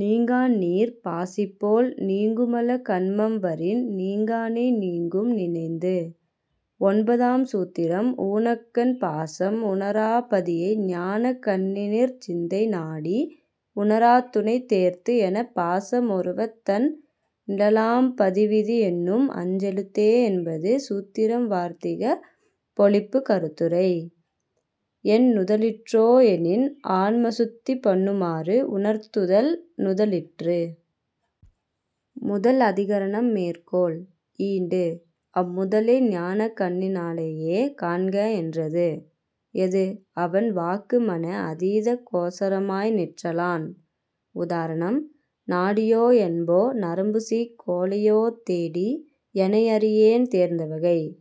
நீங்கான்நீர்ப் பாசிபோல் நீங்குமல கன்மம்வரின் நீங்கானை நீங்கும் நினைந்து. ஒன்பதாம் சூத்திரம் ஊனக்கண் பாசம் உணராப் பதியை ஞானக் கண்ணினிற் சிந்தை நாடி உராத்துனைத் தேர்த்து எனப் பாசம் ஒருவத் தண் நிழலாம் பதிவிதி எண்ணும் அஞ் செழுத்தே என்பது சூத்திரம் வார்த்திகப் பொழிப்பு கருத்துரை: என் நுதலிற்றோ எனின், ஆன்மசுத்தி பண்ணுமாறு உணர்த்துதல் நுதலிற்று. முதல் அதிகரணம் மேற்கோள்: ஈண்டு, அம்முதலை ஞானக் கண்ணினாலேயே காண்க என்றது. ஏது: அவன் வாக்கு மன அதீத கோசரமாய் நிற்றலான். உதாரணம்: நாடியோ என்போ நரம்புசீக் கோழையோ தேடி எனையறியேன் தேர்ந்தவகை --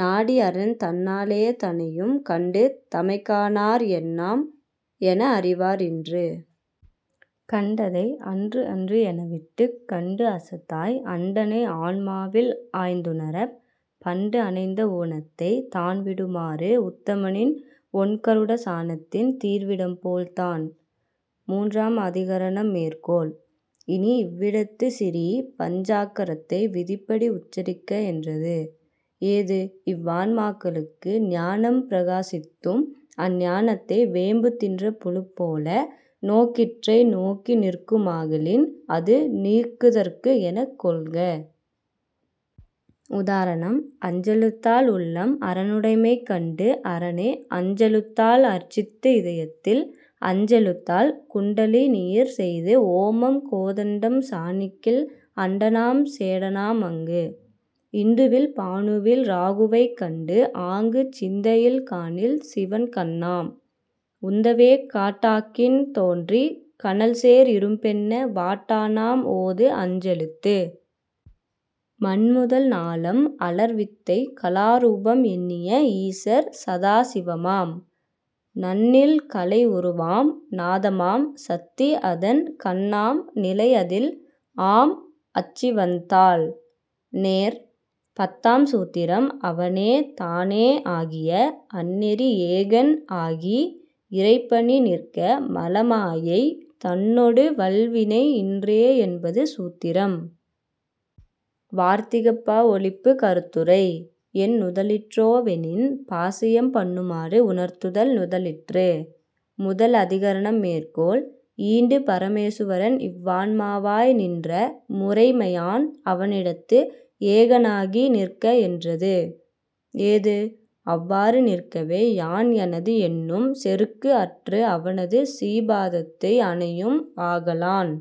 நாடி அரன் தன்னாலே தனையும் கண்டு தமைக்காணார் என்னாம் என அறிவார் இன்று. கண்டதை அன்று அன்று எனவிட்டுக் கண்டு அசத்தாய் அண்டனை ஆன்மாவில் ஆய்ந்துணரப் -- பண்டு அணைந்த ஊனத்தை தான்விடுமாறு உத்தமனின் ஒண்கருட சானத்தின் தீர்விடம்போல் தான்.. மூன்றாம் அதிகரணம் மேற்கோள்: இனி, இவ்விடத்து சிறீ£ பஞ்சாக்கரத்தை விதிப்படி உச்சரிக்க என்றது. ஏது: இவ்வான்மாக்களுக்கு ஞானம் பிரகாசித்தும் அஞ்ஞானத்தை வேம்பு தின்ற புழுப்போல நோக்கிற்றைநோக்கி நிற்குமாகலின் அது நீக்குதற்கு எனக் கொள்க. உதாரணம்: அஞ்செழுத்தால் உள்ளம் அரனுடைமை கண்டு அரனை அஞ்செழுத்தால் அர்ச்சித்து இதயத்தில் -- அஞ்செழுத்தால் குண்டலினியிற் செய்து ஓமம் கோதண்டம் சானிக்கில் அண்டனாம் சேடனாம் அங்கு. இந்துவில் பானுவில் இராகுவைக் கண்டுஆங்குச் சிந்தையில் காணில் சிவன் கண்ணாம் -- உந்தவே காட்டாக்கின் தோன்றி கனல்சேர் இரும்பென்ன வாட்டானாம் ஓது அஞ்செழுத்து. மண்முதல் நாளம் அலர் வித்தை கலாரூபம் எண்ணிய ஈசர் சதாசிவமாம் -- நண்ணில் கலை உருவாம் நாதமாம் சத்தி அதன் கண்ணாம் நிலைஅதில் ஆம் அச்சிவன்தாள், நேர். பத்தாம் சூத்திரம் அவனே தானே ஆகிய அந்நெறி ஏகன் ஆகி இறைபணி நிற்க மலமாயை தன்னொடு வல்வினை இன்றே என்பது சூத்திரம். வார்த்திகப் பஒழிப்பு கருத்துரை: என் நுதலிற்றோ வெனின், பாசயம் பண்ணுமாறு உணர்த்துதல் நுதலிற்று.: முதல் அதிகரணம் மேற்கோள்: ஈண்டுப் பரமேசுவரன் இவ்வான்மாவாய் நின்ற முறைமையான் அவனிடத்து ஏகனாகி நிற்கஎன்றது. ஏது: அவ்வாறு நிற்கவே யான் எனது என்னும் செருக்கு அற்று அவனது சீபாதத்தை அணையும் ஆகலான்.